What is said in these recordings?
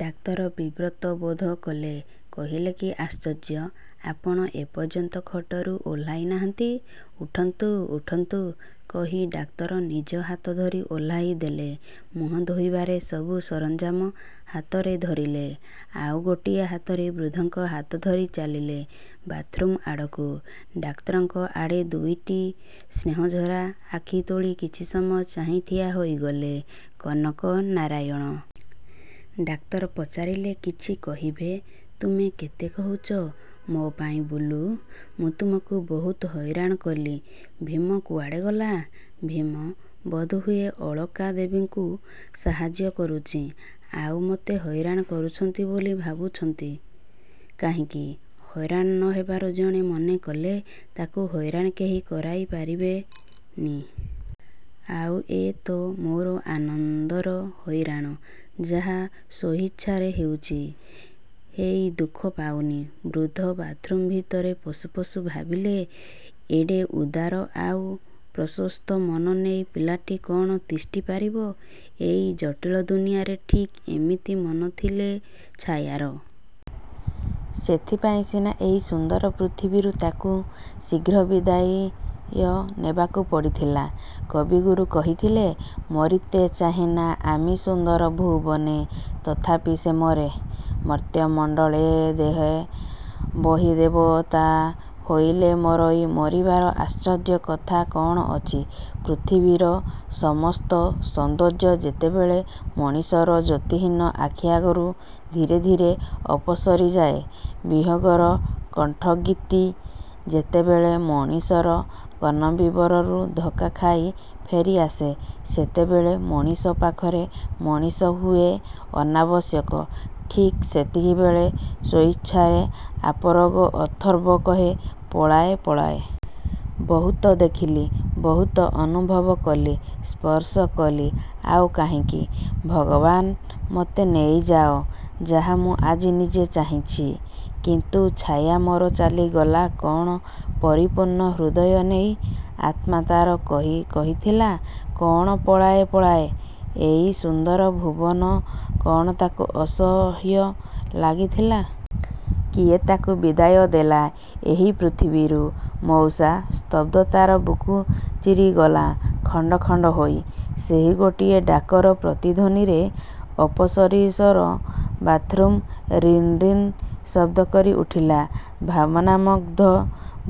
ଡାକ୍ତର ବିବ୍ରତ ବୋଧକଲେ। କହିଲେ କି ଆଶ୍ଚର୍ଯ୍ୟ! ଆପଣ ଏପର୍ଯ୍ୟନ୍ତ ଖଟରୁ ଓହ୍ଲାଇନାହାନ୍ତି! ଉଠନ୍ତୁ, ଉଠନ୍ତୁ କହି ଡାକ୍ତର ନିଜେ ହାତଧରି ଓହ୍ଲାଇଦେଲେ। ମୁହଁ ଧୋଇବାର ସବୁ ସରଞ୍ଜାମ ହାତରେ ଧରିଲେ ଆଉ ଗୋଟିଏ ହାତରେ ବୃଦ୍ଧଙ୍କ ହାତଧରି ଚାଲିଲେ ବାଥରୁମ୍ ଆଡ଼କୁ। ଡାକ୍ତରଙ୍କ ଆଡ଼େ ଦୁଇଟି ସ୍ନେହଝରା ଆଖି ତୋଳି କିଛିସମୟ ଚାହିଁ ଠିଆ ହୋଇଗଲେ କନକ ନାରାୟଣ। ଡାକ୍ତର ପଚାରିଲେ–କିଛି କହିବେ? ତୁମେ କେତେ କରୁଛ ମୋ ପାଇଁ ବୁଲୁ। ମୁଁ ତୁମକୁ ବହୁତ ହଇରାଣ କଲି। ଭୀମ କୁଆଡ଼େ ଗଲା? ଭୀମ ବୋଧହୁଏ ଅଳକାଦେବୀଙ୍କୁ ସାହାଯ୍ୟ କରୁଛି। ଆଉ ମତେ ହଇରାଣ କରୁଛନ୍ତି ବୋଲି ଭାବୁଛନ୍ତି, କାହିଁକି? ହଇରାଣ ନ ହେବାରୁ ଜଣେ ମନକଲେ ତାକୁ ହଇରାଣ କେହି କରାଇ ପାରିବେନି। ଆଉ ୟେ ତ ମୋର ଆନନ୍ଦର ହଇରାଣ। ଯାହା ମୁଁ ସ୍ୱଇଚ୍ଛାରେ ହେଉଛି। ହେଇ ଦୁଃଖ ପାଉନି। ବୃଦ୍ଧ ବାଥ୍ରୁମ୍ ଭିତରେ ପଶୁ ପଶୁ ଭାବିଲେ ଏଡ଼େ ଉଦାର ଆଉ ପ୍ରଶସ୍ତ ମନ ନେଇ ପିଲାଟି କ'ଣ ତିଷ୍ଠିପାରିବ ଏ ଜଟିଳ ଦୁନିଆଁରେ। ଠିକ୍ ଏମିତି ମନ ଥିଲେ ଛାୟାର। ସେଥିପାଇଁ ସିନା ଏଇ ସୁନ୍ଦର ପୃଥିବୀରୁ ତାକୁ ଶୀଘ୍ର ବିଦାଇୟ ନେବାକୁ ପଡ଼ିଥିଲା। କବିଗୁରୁ କହିଥିଲେ 'ମରିତେ ଚାହିଁନା ଆମି ସୁନ୍ଦର ଭୂବନେ ତଥାପି ସେ ମରେ। ମର୍ତ୍ତ୍ୟ ମଣ୍ଡଳେ ଦେହେ ବହି ଦେବତା ହୋଇଲେ ମରେଇ।'ମରିବାରେ ଆଶ୍ଚର୍ଯ୍ୟ କଥା କ'ଣ ଅଛି। ପୃଥିବୀର ସମସ୍ତ ସୌନ୍ଦର୍ଯ୍ୟ ଯେତେବେଳେ ମଣିଷର ଜ୍ୟୋତିହୀନ ଆଖିଆଗରୁ ଧୀରେ ଧୀରେ ଅପସରିଯାଏ, ବିହଗର କଣ୍ଠଗୀତି ଯେତେବେଳେ ମଣିଷର କର୍ଣ୍ଣବିବରରୁ ଧକ୍କା ଖାଇ ଫେରିଆସେ, ଯେତେବେଳେ ମଣିଷ ପାଖରେ ମଣିଷ ହୁଏ ଅନାବଶ୍ୟକ, ଠିକ୍ ସେତିକିବେଳେ ସ୍ୱଇଚ୍ଛାରେ ଆପାରଗ ଅଥର୍ବ କହେ ପଳାଏ ପଳାଏ। ବହୁତ ଦେଖିଲି, ବହୁତ ଅନୁଭବ କଲି, ସ୍ପର୍ଶ କଲି। ଆଉ କାହିଁକି। ଭଗବାନ ମତେ ନେଇଯାଅ, ଯାହା ମୁଁ ଆଜି ନିଜେ ଚାହିଁଛି। କିନ୍ତୁ ଛାୟା ମୋର ଚାଲିଗଲା କ'ଣ ପରିପୂର୍ଣ୍ଣ ହୃଦୟ ନେଇ? ଆତ୍ମା ତା'ର କହିଥିଲା କ'ଣ ପଳାଏ ପଳାଏ? ଏଇ ସୁନ୍ଦର ଭୂବନ କ'ଣ ତାକୁ ଅସହ୍ୟ ଲାଗିଥିଲା? କିଏ ତାକୁ ବିଦାୟ ଦେଲା ଏଇ ପୃଥିବୀରୁ? ମଉସା! ସ୍ତବ୍ଧତାର ବୁକୁ ଚିରିଗଲା ଖଣ୍ଡ ଖଣ୍ଡ ହୋଇ। ସେଇ ଗୋଟିଏ ଡାକର ପ୍ରତିଧ୍ୱନିରେ ଅପରିସର ବାଥରୁମ୍ ରିନ୍ ରିନ୍ ଶବ୍ଦ କରିଉଠିଲା। ଭାବନାମୁଗ୍ଧ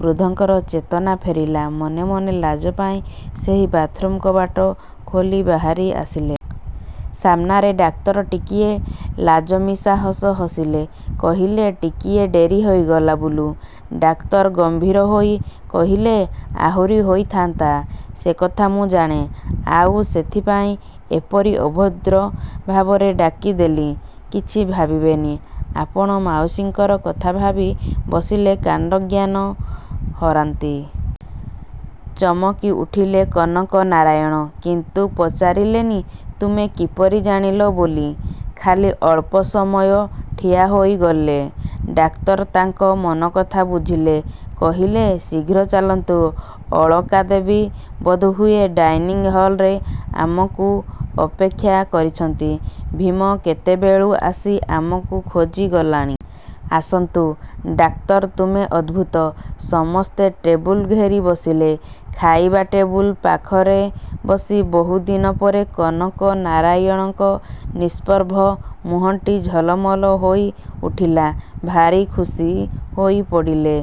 ବୃଦ୍ଧଙ୍କର ଚେତନା ଫେରିଲା। ମନେ ମନେ ଲାଜ ପାଇ ସେଇ ବାଥ୍ରୁମ୍ କବାଟ ଖୋଲି ବାହାରିଆସିଲେ। ସାମ୍ନାରେ ଡାକ୍ତର। ଟିକିଏ ଲାଜ ମିଶା ହସ ହସିଲେ। କହିଲେ ଟିକିଏ ଡେରି ହୋଇଗଲା ବୁଲୁ। ଡାକ୍ତର ଗମ୍ଭୀର ହୋଇ କହିଲେ ଆହୁରି ହୋଇଥାନ୍ତା। ସେକଥା ମୁଁ ଜାଣେ। ଆଉ ସେଇଥିପାଇଁ ଏପରି ଅଭଦ୍ର ଭାବରେ ଡାକିଦେଲି। କିଛି ଭାବିବେନି। ଆପଣ ମାଉସୀଙ୍କ କଥା ଭାବି ବସିଲେ କାଣ୍ଡଜ୍ଞାନ ହରାନ୍ତି। ଚମକିଉଠିଲେ କନକ ନାରାୟଣ। କିନ୍ତୁ ପଚାରିଲେନି ତୁମେ କିପରି ଜାଣିଲ ବୋଲି। ଖାଲି ଅଳ୍ପ ସମୟ ଠିଆ ହୋଇଗଲେ। ଡାକ୍ତର ତାଙ୍କ ମନକଥା ବୁଝିଲେ। କହିଲେ ଶୀଘ୍ର ଚାଲନ୍ତୁ। ଅଳକା ଦେବୀ ବୋଧହୁଏ ଡାଇନିଙ୍ଗ୍ ହଲରେ ଆମକୁ ଅପେକ୍ଷା କରିଛନ୍ତି। ଭୀମ କେତେବେଳୁ ଆସି ଆମକୁ ଖୋଜି ଗଲାଣି। ଆସନ୍ତୁ। ଡାକ୍ତର ତୁମେ ଅଦ୍ଭୁତ। ସମସ୍ତେ ଟେବୁଲ୍ ଘେରି ବସିଲେ। ଖାଇବା ଟେବୁଲ ପାଖରେ ବସି ବହୁଦିନ ପରେ କନକ ନାରାୟଣଙ୍କ ନିଷ୍ପ୍ରଭ ମୁହଁଟି ଝଲମଲ ହୋଇଉଠିଲା। ଭାରି ଖୁସି ହୋଇପଡ଼ିଲେ।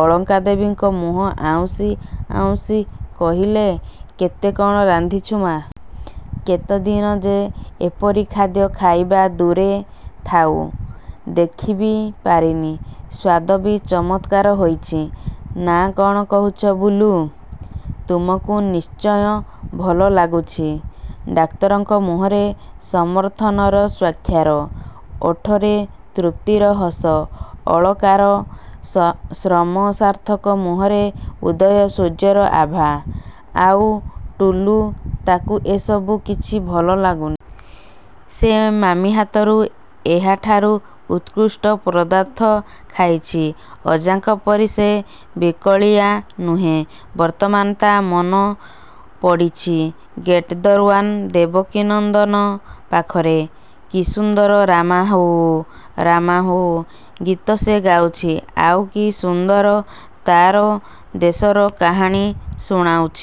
ଅଳକା ଦେବୀଙ୍କ ମୁହଁ ଆଉଁସି ଆଉଁସି, କହିଲେ କେତେ କ'ଣ ରାନ୍ଧିଛୁ ମା! କେତେଦିନ ଯେ ଏପରି ଖାଦ୍ୟ ଖାଇବା ଦୂରେ ଥାଉ, ଦେଖିବି ପାରିନି। ସ୍ୱାଦ ବି ଚମତ୍କାର ହୋଇଛି। ନା କ'ଣ କହୁଛ ବୁଲୁ? ତୁମକୁ ନିଶ୍ଚୟ ଭଲ ଲାଗୁଛି। ଡାକ୍ତରଙ୍କ ମୁହଁରେ ସମର୍ଥନର ସ୍ୱାକ୍ଷର। ଓଠରେ ତୃପ୍ତିର ହସ। ଅଳକାର ଶ୍ରମସାର୍ଥକ ମୁହଁରେ ଉଦୟସୂର୍ଯ୍ୟର ଆଭା। ଆଉ ଟୁଲୁ, ତାକୁ ଏ ସବୁ କିଛି ଭଲ ଲାଗୁନି। ସେ ମାମି ହାତରୁ ଏହାଠାରୁ ଉତ୍କୃଷ୍ଟ ପଦାର୍ଥ ଖାଇଛି। ଅଜାଙ୍କ ପରି ସେ ବିକଳିଆ ନୁହେଁ। ବର୍ତ୍ତମାନ ତା' ମନ ପଡ଼ିଛି ଗେଟ୍ ଦରୱାନ ଦେବକୀନନ୍ଦନ ପାଖରେ। କି ସୁନ୍ଦର "ରାମା ହୋ ରାମା ହୋ" ଗୀତ ସେ ଗାଉଛି। ଆଉ କି ସୁନ୍ଦର ତା'ର ଦେଶର କାହାଣୀ ଶୁଣାଉଛି।